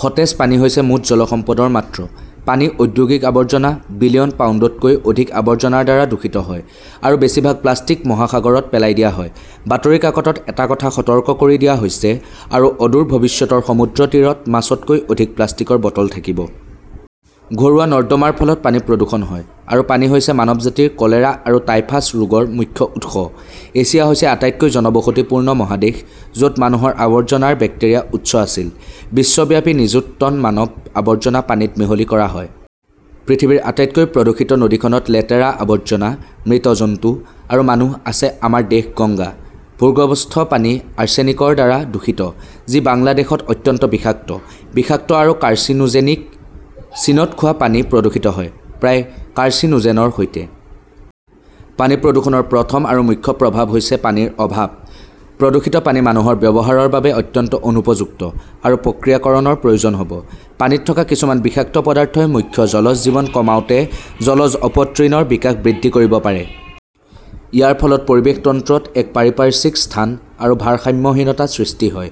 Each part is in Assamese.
সতেজ পানী হৈছে মুঠ জল সম্পদৰ মাত্ৰ। পানী ঔদ্যোগিক আৱৰ্জনা, বিলিয়ন পাউণ্ডতকৈ অধিক আৱৰ্জনাৰ দ্বাৰা দূষিত হয়, আৰু বেছিভাগ প্লাষ্টিক মহাসাগৰত পেলাই দিয়া হয়। বাতৰি কাকতত এটা কথা সতৰ্ক কৰি দিয়া হৈছে, আৰু অদূৰ ভৱিষ্যতৰ সমুদ্ৰ তীৰত মাছতকৈ অধিক প্লাষ্টিকৰ বটল থাকিব। ঘৰুৱা নৰ্দমাৰ ফলত পানী প্ৰদূষণ হয়, আৰু পানী হৈছে মানৱ জাতিৰ কলেৰা আৰু টাইফাছ ৰোগৰ মুখ্য উৎস। এছিয়া হৈছে আটাইতকৈ জনবসতিপূৰ্ণ মহাদেশ য'ত মানুহৰ আৱৰ্জনাৰ বেক্টেৰিয়া উচ্চ আছিল। বিশ্বব্যাপী নিযুত টন মানৱ আৱৰ্জনা পানীত মিহলি কৰা হয়। পৃথিৱীৰ আটাইতকৈ প্ৰদূষিত নদীখনত লেতেৰা, আৱৰ্জনা, মৃত জন্তু আৰু মানুহ আছে আমাৰ দেশ- গঙ্গা। ভূগৰ্ভস্থ পানী আৰ্চেনিকৰ দ্বাৰা দূষিত, যি বাংলাদেশত অত্যন্ত বিষাক্ত, বিষাক্ত আৰু কাৰ্চিনোজেনিক। চীনত খোৱা পানী প্ৰদূষিত হয়, প্ৰায় কাৰ্চিনোজেনৰ সৈতে। পানী প্ৰদূষণৰ প্ৰথম আৰু মুখ্য প্ৰভাৱ হৈছে পানীৰ অভাৱ। প্ৰদূষিত পানী মানুহৰ ব্যৱহাৰৰ বাবে অত্যন্ত অনুপযুক্ত আৰু প্ৰক্ৰিয়াকৰণৰ প্ৰয়োজন হ'ব। পানীত থকা কিছুমান বিষাক্ত পদাৰ্থই মুখ্য জলজ জীৱন কমাওঁতে জলজ অপতৃণৰ বিকাশ বৃদ্ধি কৰিব পাৰে। ইয়াৰ ফলত পৰিৱেশ তন্ত্ৰত এক পাৰিপাৰ্শ্বিক স্থান আৰু ভাৰসাম্যহীনতা সৃষ্টি হয়।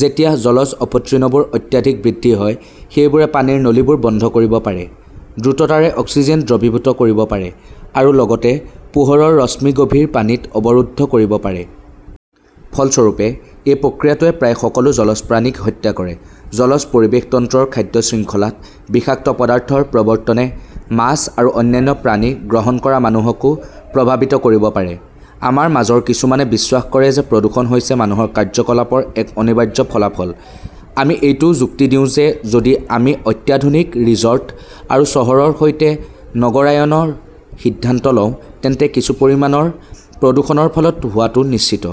যেতিয়া জলজ অপতৃণবোৰ অত্যাধিক বৃদ্ধি হয়, সেইবোৰে পানীৰ নলীবোৰ বন্ধ কৰিব পাৰে, দ্ৰুততাৰে অক্সিজেন দ্ৰৱীভূত কৰিব পাৰে, আৰু লগতে পোহৰৰ ৰশ্মিগভীৰ পানীত অৱৰুদ্ধ কৰিব পাৰে। ফলস্বৰূপে, এই প্ৰক্ৰিয়াটোৱে প্ৰায় সকলো জলজ প্ৰাণীক হত্যা কৰে। জলজ পৰিৱেশ তন্ত্ৰৰ খাদ্য শৃংখলাত বিষাক্ত পদাৰ্থৰ প্ৰৱৰ্তনে মাছ আৰু অন্যান্য প্ৰাণী গ্ৰহণ কৰা মানুহকো প্ৰভাৱিত কৰিব পাৰে। আমাৰ মাজৰ কিছুমানে বিশ্বাস কৰে যে প্ৰদূষণ হৈছে মানুহৰ কাৰ্যকলাপৰ এক অনিবাৰ্য ফলাফল: আমি এইটোও যুক্তি দিওঁ যে যদি আমি অত্যাধুনিক ৰিজৰ্ট আৰু চহৰৰ সৈতে নগৰায়নৰ সিদ্ধান্ত লওঁ, তেন্তে কিছু পৰিমাণৰ প্ৰদূষণৰ ফলত হোৱাটো নিশ্চিত।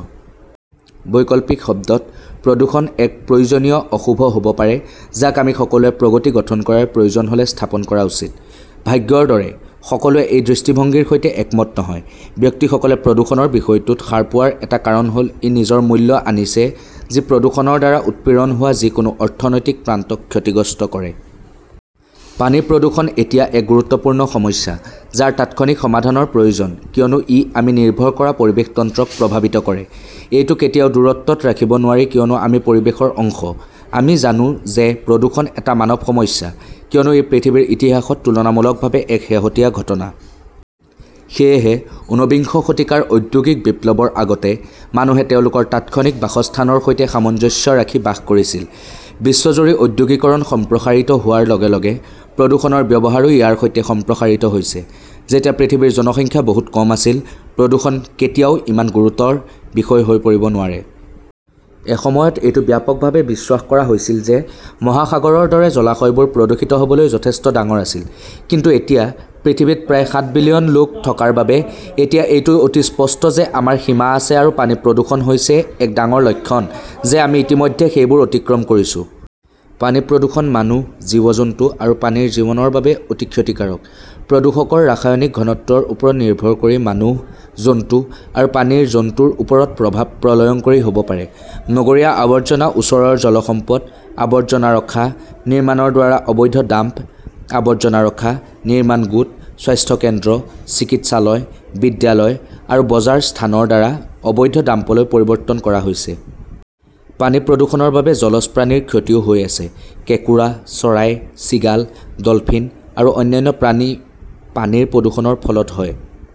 বৈকল্পিক শব্দত, প্ৰদূষণ এক প্ৰয়োজনীয় অশুভ হ'ব পাৰে যাক আমি সকলোৱে প্ৰগতি গঠন কৰাৰ প্ৰয়োজন হ'লে স্থাপন কৰা উচিত। ভাগ্যৰ দৰে, সকলোৱে এই দৃষ্টিভংগীৰ সৈতে একমত নহয়। ব্যক্তিসকলে প্ৰদূষণৰ বিষয়টোত সাৰ পোৱাৰ এটা কাৰণ হ'ল ই নিজৰ মূল্য আনিছে যি প্ৰদূষণৰ দ্বাৰা উৎপীড়ন হোৱা যিকোনো অৰ্থনৈতিক প্ৰান্তক ক্ষতিগ্ৰস্ত কৰে। পানী প্ৰদূষণ এতিয়া এক গুৰুত্বপূৰ্ণ সমস্যা যাৰ তাৎক্ষণিক সমাধানৰ প্ৰয়োজন কিয়নো ই আমি নিৰ্ভৰ কৰা পৰিৱেশ তন্ত্ৰক প্ৰভাৱিত কৰে। এইটো কেতিয়াও দূৰত্বত ৰাখিব নোৱাৰি কিয়নো আমি পৰিৱেশৰ অংশ। আমি জানো যে প্ৰদূষণ এটা মানৱ সমস্যা কিয়নো ই পৃথিৱীৰ ইতিহাসত তুলনামূলকভাৱে এক শেহতীয়া ঘটনা। সেয়েহে, ঊনবিংশ শতিকাৰ ঔদ্যোগিক বিপ্লৱৰ আগতে, মানুহে তেওঁলোকৰ তাৎক্ষণিক বাসস্থানৰ সৈতে সামঞ্জস্য ৰাখি বাস কৰিছিল। বিশ্বজুৰি ঔদ্যোগিকৰণ সম্প্ৰসাৰিত হোৱাৰ লগে লগে, প্ৰদূষণৰ ব্যৱহাৰো ইয়াৰ সৈতে সম্প্ৰসাৰিত হৈছে। যেতিয়া পৃথিৱীৰ জনসংখ্যা বহুত কম আছিল, প্ৰদূষণ কেতিয়াও ইমান গুৰুতৰ বিষয় হৈ পৰিব নোৱাৰে। এসময়ত এইটো ব্যাপকভাৱে বিশ্বাস কৰা হৈছিল যে মহাসাগৰৰ দৰে জলাশয়বোৰ প্ৰদূষিত হ'বলৈ যথেষ্ট ডাঙৰ আছিল। কিন্তু এতিয়া, পৃথিৱীত প্ৰায় সাত বিলিয়ন লোক থকাৰ বাবে, এতিয়া এইটো অতি স্পষ্ট যে আমাৰ সীমা আছে আৰু পানী প্ৰদূষণ হৈছে এক ডাঙৰ লক্ষণ যে আমি ইতিমধ্যে সেইবোৰ অতিক্ৰম কৰিছো। পানী প্ৰদূষণ মানুহ, জীৱ-জন্তু আৰু পানীৰ জীৱনৰ বাবে অতি ক্ষতিকাৰক। প্ৰদূষকৰ ৰাসায়নিক ঘনত্বৰ ওপৰত নিৰ্ভৰ কৰি মানুহ, জন্তু আৰু পানীৰ জন্তুৰ ওপৰত প্ৰভাৱ প্ৰলয়ংকৰী হ'ব পাৰে। নগৰীয় আৱৰ্জনা ওচৰৰ জলসম্পদ, আৱৰ্জনা ৰখা, নিৰ্মাণৰ দ্বাৰা অবৈধ ডাম্প, আৱৰ্জনা ৰখা, নিৰ্মাণ গোট, স্বাস্থ্য কেন্দ্ৰ, চিকিৎসালয়, বিদ্যালয় আৰু বজাৰ স্থানৰ দ্বাৰা অবৈধ ডাম্পলৈ পৰিৱৰ্তন কৰা হৈছে। পানী প্ৰদূষণৰ বাবে জলজ প্ৰাণীৰ ক্ষতিও হৈ আছে। কেঁকোৰা, চৰাই, চিগাল, ডলফিন আৰু অন্যান্য প্ৰাণীপানীৰ প্ৰদূষণৰ ফলত হয়।